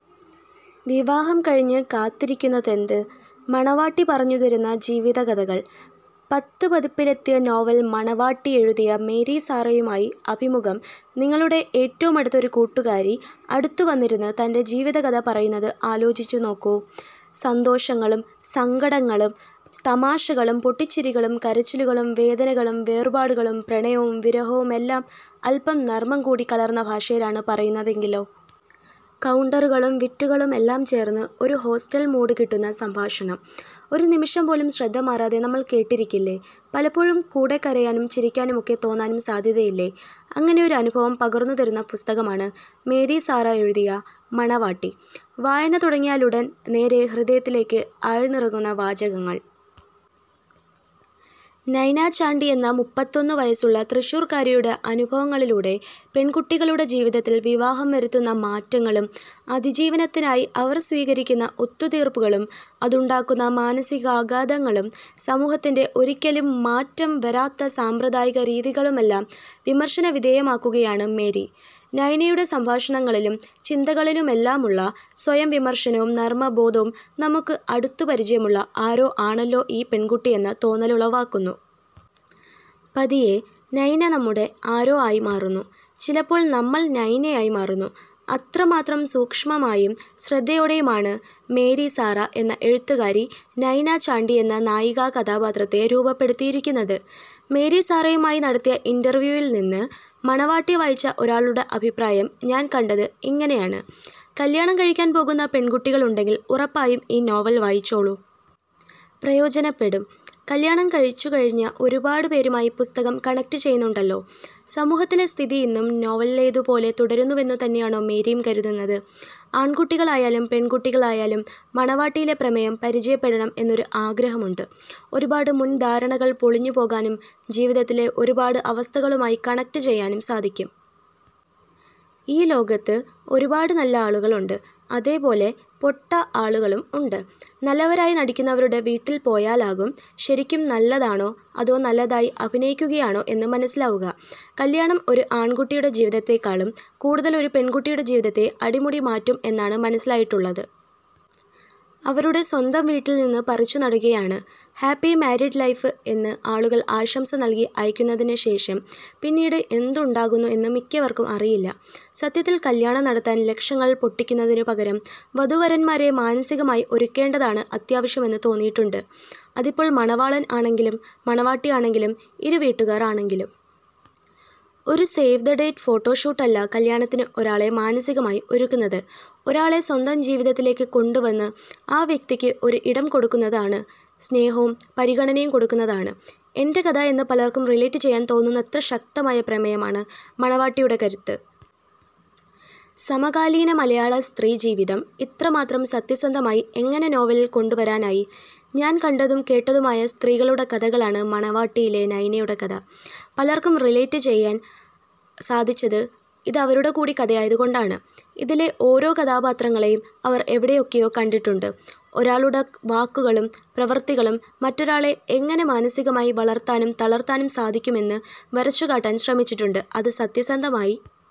വിവാഹം കഴിഞ്ഞാൽ കാത്തിരിക്കുന്നതെന്ത്? മണവാട്ടി പറഞ്ഞുതരുന്ന ജീവിതകഥകൾ... പത്ത് പതിപ്പിലെത്തിയെ നോവൽ 'മണവാട്ടി' എഴുതിയ മേരി സാറയുമായി അഭിമുഖം നിങ്ങളുടെ ഏറ്റവുമടുത്ത ഒരു കൂട്ടുകാരി അടുത്തുവന്നിരുന്ന് തന്റെ ജീവിതകഥ പറയുന്നത് ആലോചിച്ചുനോക്കൂ. സന്തോഷങ്ങളും സങ്കടങ്ങളും തമാശകളും പൊട്ടിച്ചിരികളും കരച്ചിലുകളും വേദനകളും വേർപാടുകളും പ്രണയവും വിരഹവുമെല്ലാം അൽപം നർമം കൂടി കലർന്ന ഭാഷയിലാണ് പറയുന്നതെങ്കിലോ. കൗണ്ടറുകളും വിറ്റുകളുമെല്ലാം ചേർന്ന് ഒരു ഹോസ്റ്റൽ മൂഡ് കിട്ടുന്ന സംഭാഷണം. ഒരു നിമിഷം പോലും ശ്രദ്ധമാറാതെ നമ്മൾ കേട്ടിരിക്കില്ലേ. പലപ്പോഴും കൂടെ കരയാനും ചിരിക്കാനുമൊക്കെ തോന്നാനും സാധ്യതില്ലേ. അങ്ങനെയൊരു അനുഭവം പകർന്നു തരുന്ന പുസ്തകമാണ് മേരി സാറ എഴുതിയ 'മണവാട്ടി'. വായന തുടങ്ങിയാലുടൻ നേരേ ഹൃദയത്തിലേക്ക് ആഴ്ന്നിറങ്ങുന്ന വാചകങ്ങൾ. നൈന ചാണ്ടി എന്ന മുപ്പത്തൊന്നു വയസ്സുള്ള തൃശൂരുകാരിയുടെ അനുഭവങ്ങളിലൂടെ പെൺകുട്ടികളുടെ ജീവിതത്തിൽ വിവാഹം വരുത്തുന്ന മാറ്റങ്ങളും അതിജീവനത്തിനായി അവർ സ്വീകരിക്കുന്ന ഒത്തുതീർപ്പുകളും അതുണ്ടാക്കുന്ന മാനസികാഘാതങ്ങളും സമൂഹത്തിന്റെ ഒരിക്കലും മാറ്റം വരാത്ത സാമ്പ്രദായിക രീതികളുമെല്ലാം വിമർശന വിധേയമാക്കുകയാണ് മേരി. നൈനയുടെ സംഭാഷണങ്ങളിലും ചിന്തകളിലുമെല്ലാമുള്ള സ്വയം വിമർശനവും നർമബോധവും നമുക്ക് അടുത്തു പരിചയമുള്ള ആരോ ആണല്ലോ ഈ പെൺകുട്ടിയെന്ന തോന്നലുളവാക്കുന്നു. പതിയെ നൈന നമ്മുടെ ആരോ ആയി മാറുന്നു, ചിലപ്പോൾ നമ്മൾ നൈന ആയി മാറുന്നു. അത്രമാത്രം സൂക്ഷ്മമായും ശ്രദ്ധയോടെയുമാണ് മേരി സാറ എന്ന എഴുത്തുകാരി നൈന ചാണ്ടി എന്ന നായിക കഥാപാത്രത്തെ രൂപപ്പെടുത്തിയിരിക്കുന്നത്. മേരി സാറയുമായി നടത്തിയ ഇന്റർവ്യുവിൽ നിന്ന്. ∙മണവാട്ടി വായിച്ച ഒരാളുടെ അഭിപ്രായം ഞാൻ കണ്ടത് ഇങ്ങനെയാണ്: ''കല്യാണം കഴിക്കാൻ പോകുന്ന പെൺകുട്ടികളുണ്ടെങ്കിൽ ഉറപ്പായും ഈ നോവൽ വായിച്ചോളൂ. പ്രയോജനപ്പെടും''. കല്യാണം കഴിച്ചു കഴിഞ്ഞ ഒരുപാടു പേരുമായി പുസ്തകം കണക്ട് ചെയ്യുന്നുണ്ടല്ലോ. സമൂഹത്തിലെ സ്ഥിതി ഇന്നും നോവലിലേതു പോലെ തുടരുന്നുവെന്നു തന്നെയാണോ മേരിയും കരുതുന്നത്? ആൺകുട്ടികൾ ആയാലും പെൺകുട്ടികൾ ആയാലും മണവാട്ടിയിലെ പ്രമേയം പരിചയപ്പെടണം എന്നൊരു ആഗ്രഹം ഉണ്ട്. ഒരുപാട് മുൻധാരണകൾ പൊളിഞ്ഞു പോകാനും ജീവിതത്തിലെ ഒരുപാട് അവസ്ഥകളുമായി കണക്ട് ചെയ്യാനും സാധിക്കും. ഈ ലോകത്ത് ഒരുപാട് നല്ല ആളുകൾ ഉണ്ട്. അതേപോലെ പൊട്ട ആളുകളും ഉണ്ട്. നല്ലവരായി നടിക്കുന്നവരുടെ വീട്ടിൽ പോയാലാകും ശരിക്കും നല്ലതാണോ അതോ നല്ലതായി അഭിനയിക്കുകയാണോ എന്ന് മനസിലാവുക. കല്യാണം ഒരു ആൺകുട്ടിയുടെ ജീവിതത്തെക്കാളും കൂടുതൽ ഒരു പെൺകുട്ടിയുടെ ജീവിതത്തെ അടിമുടി മാറ്റും എന്നാണ് മനസിലായിട്ടുള്ളത്. അവരുടെ സ്വന്തം വീട്ടിൽ നിന്ന് പറിച്ചുനടുകയാണ്. ഹാപ്പി മാരീഡ് ലൈഫ് എന്ന് ആളുകൾ ആശംസകൾ നൽകി അയയ്ക്കുന്നതിനു ശേഷം പിന്നീട് എന്ത് ഉണ്ടാകുന്നു എന്ന് മിക്കവർക്കും അറിയില്ല. സത്യത്തിൽ കല്യാണം നടത്താൻ ലക്ഷങ്ങൾ പൊട്ടിക്കുന്നതിനു പകരം വധൂവരൻമാരെ മാനസികമായി ഒരുക്കേണ്ടതാണ് അത്യാവശ്യം എന്ന് തോന്നിയിട്ടുണ്ട്. അതിപ്പോൾ മണവാളൻ ആണെങ്കിലും മണവാട്ടി ആണെങ്കിലും ഇരു വീട്ടുകാർ ആണെങ്കിലും. ഒരു സേവ് ദ് ഡേറ്റ് ഫോട്ടോഷൂട്ട് അല്ല കല്യാണത്തിന് ഒരാളെ മാനസികമായി ഒരുക്കുന്നത്. മറ്റൊരാളെ സ്വന്തം ജീവിതത്തിലേക്കു കൊണ്ടുവന്ന് ആ വ്യക്തിക്ക് ഒരു ഇടം കൊടുക്കുന്നത് ആണ്, സ്നേഹവും പരിഗണനയും കൊടുക്കുന്നത് ആണ്. ∙എന്റെ കഥ എന്ന് പലർക്കും റിലേറ്റ് ചെയ്യാൻ തോന്നുന്നത്ര ശക്തമായ പ്രമേയമാണ് മണവാട്ടിയുടെ കരുത്ത്. സമകാലീന മലയാളി സ്ത്രീ ജീവിതം ഇത്രമാത്രം സത്യസന്ധമായി എങ്ങനെ നോവലിൽ കൊണ്ടുവരാനായി? ഞാൻ കണ്ടും കേട്ടതുമായ സ്ത്രീകളുടെ കഥകളാണ് മണവാട്ടിയിലെ നൈനയുടെ കഥ. പലർക്കും റിലേറ്റ് ചെയ്യാൻ സാധിച്ചത് ഇത് അവരുടെ കൂടി കഥയായത് കൊണ്ടാണ്. ഇതിലെ ഓരോ കഥാപാത്രങ്ങളെയും അവർ എവിടെയൊക്കെയോ കണ്ടിട്ടുണ്ട്. ഒരാളുടെ വാക്കുകളും പ്രവൃത്തികളും മറ്റൊരാളെ എങ്ങനെ മാനസികമായി വളർത്താനും തളർത്താനും സാധിക്കും എന്നു വരച്ചുകാട്ടാൻ ശ്രമിച്ചിട്ടുണ്ട്. അത് സത്യസന്ധമായി